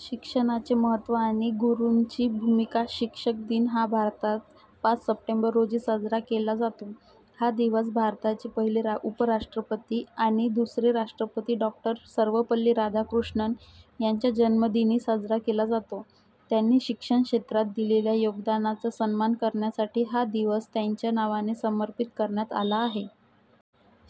शिक्षणाचे महत्त्व आणि गुरूंची भूमिका, शिक्षक दिन हा भारतात पाच सप्टेंबर रोजी साजरा केला जातो. हा दिवस भारताचे पहिले उपराष्ट्रपती आणि दुसरे राष्ट्रपती डॉ. सर्वपल्ली राधाकृष्णन यांच्या जन्मदिनी साजरा केला जातो. त्यांनी शिक्षण क्षेत्रात दिलेल्या योगदानाचा सन्मान करण्यासाठी हा दिवस त्यांच्या नावाने समर्पित करण्यात आला आहे.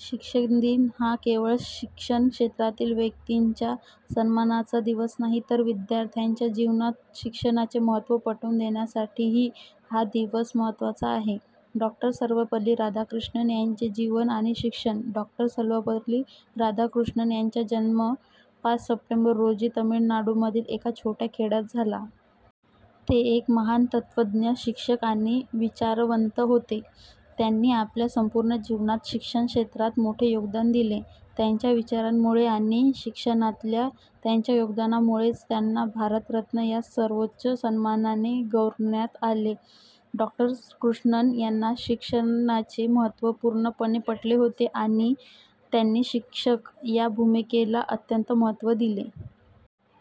शिक्षक दिन हा केवळ शिक्षण क्षेत्रातील व्यक्तींच्या सन्मानाचा दिवस नाही, तर विद्यार्थ्यांच्या जीवनात शिक्षणाचे महत्त्व पटवून देण्यासाठीही हा दिवस महत्त्वाचा आहे. डॉ. सर्वपल्ली राधाकृष्णन यांचे जीवन आणि शिक्षण, डॉ. सर्वपल्ली राधाकृष्णन यांचा जन्म पाच सप्टेंबर रोजी तमिळनाडूमधील एका छोट्या खेड्यात झाला. ते एक महान तत्त्वज्ञ, शिक्षक, आणि विचारवंत होते. त्यांनी आपल्या संपूर्ण जीवनात शिक्षण क्षेत्रात मोठे योगदान दिले. त्यांच्या विचारांमुळे आणि शिक्षणातल्या त्यांच्या योगदानामुळेच त्यांना भारतरत्न या सर्वोच्च सन्मानाने गौरविण्यात आले. डॉ. राधाकृष्णन यांना शिक्षणाचे महत्त्व पूर्णपणे पटले होते आणि त्यांनी शिक्षक या भूमिकेला अत्यंत महत्त्व दिले.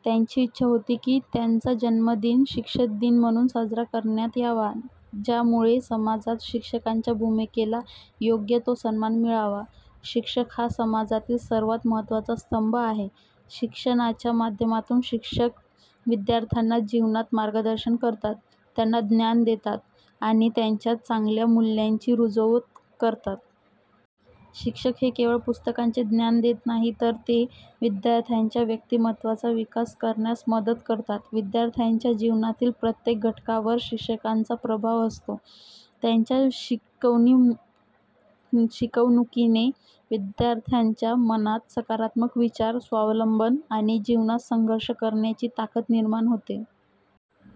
त्यांची इच्छा होती की त्यांचा जन्मदिन शिक्षक दिन म्हणून साजरा करण्यात यावा, ज्यामुळे समाजात शिक्षकांच्या भूमिकेला योग्य तो सन्मान मिळावा. शिक्षक हा समाजातील सर्वात महत्त्वाचा स्तंभ आहे. शिक्षणाच्या माध्यमातून शिक्षक विद्यार्थ्यांना जीवनात मार्गदर्शन करतात, त्यांना ज्ञान देतात, आणि त्यांच्यात चांगल्या मूल्यांची रुजवण करतात. शिक्षक हे केवळ पुस्तकांचे ज्ञान देत नाहीत, तर ते विद्यार्थ्यांच्या व्यक्तिमत्त्वाचा विकास करण्यास मदत करतात. विद्यार्थ्यांच्या जीवनातील प्रत्येक घटकावर शिक्षकांचा प्रभाव असतो. त्यांच्या शिकवणुकीने विद्यार्थ्यांच्या मनात सकारात्मक विचार, स्वावलंबन, आणि जीवनात संघर्ष करण्याची ताकद निर्माण होते.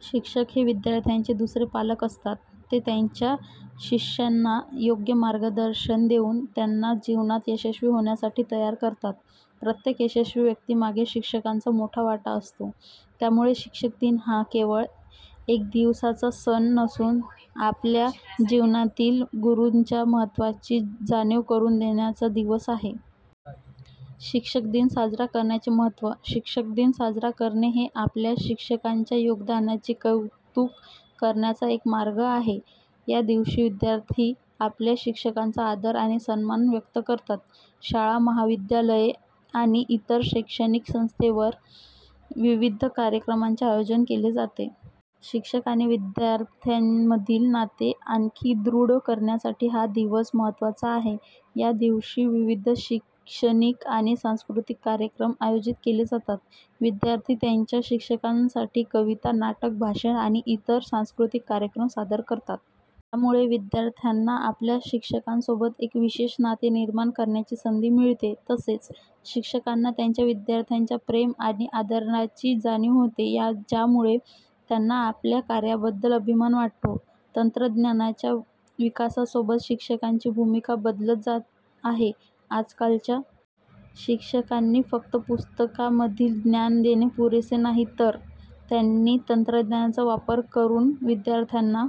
शिक्षक हे विद्यार्थ्यांचे दुसरे पालक असतात. ते त्यांच्या शिष्यांना योग्य मार्गदर्शन देऊन त्यांना जीवनात यशस्वी होण्यासाठी तयार करतात. प्रत्येक यशस्वी व्यक्तीमागे शिक्षकांचा मोठा वाटा असतो. त्यामुळे शिक्षक दिन हा केवळ एक दिवसाचा सण नसून, आपल्या जीवनातील गुरूंच्या महत्त्वाची जाणीव करून देण्याचा दिवस आहे. शिक्षक दिन साजरा करण्याचे महत्त्व, शिक्षक दिन साजरा करणे हे आपल्या शिक्षकांच्या योगदानाचे कौतुक करण्याचा एक मार्ग आहे. या दिवशी विद्यार्थी आपल्या शिक्षकांना आदर आणि सन्मान व्यक्त करतात. शाळा, महाविद्यालये आणि इतर शैक्षणिक संस्थांमध्ये विविध कार्यक्रमांचे आयोजन केले जाते. शिक्षक आणि विद्यार्थ्यांमधील नाते आणखी दृढ करण्यासाठी हा दिवस महत्त्वाचा आहे. या दिवशी विविध शैक्षणिक आणि सांस्कृतिक कार्यक्रम आयोजित केले जातात. विद्यार्थी त्यांच्या शिक्षकांसाठी कविता, नाटक, भाषण, आणि इतर सांस्कृतिक कार्यक्रम सादर करतात. यामुळे विद्यार्थ्यांना आपल्या शिक्षकांसोबत एक विशेष नाते निर्माण करण्याची संधी मिळते. तसेच, शिक्षकांना त्यांच्या विद्यार्थ्यांच्या प्रेम आणि आदराची जाणीव होते, ज्यामुळे त्यांना आपल्या कार्याबद्दल अभिमान वाटतो. तंत्रज्ञानाच्या विकासासोबतच शिक्षकांची भूमिका बदलत आहे. आजकालच्या शिक्षकांनी फक्त पुस्तकांमधील ज्ञान देणे पुरेसे नाही, तर त्यांनी तंत्रज्ञानाचा वापर करून विद्यार्थ्यांना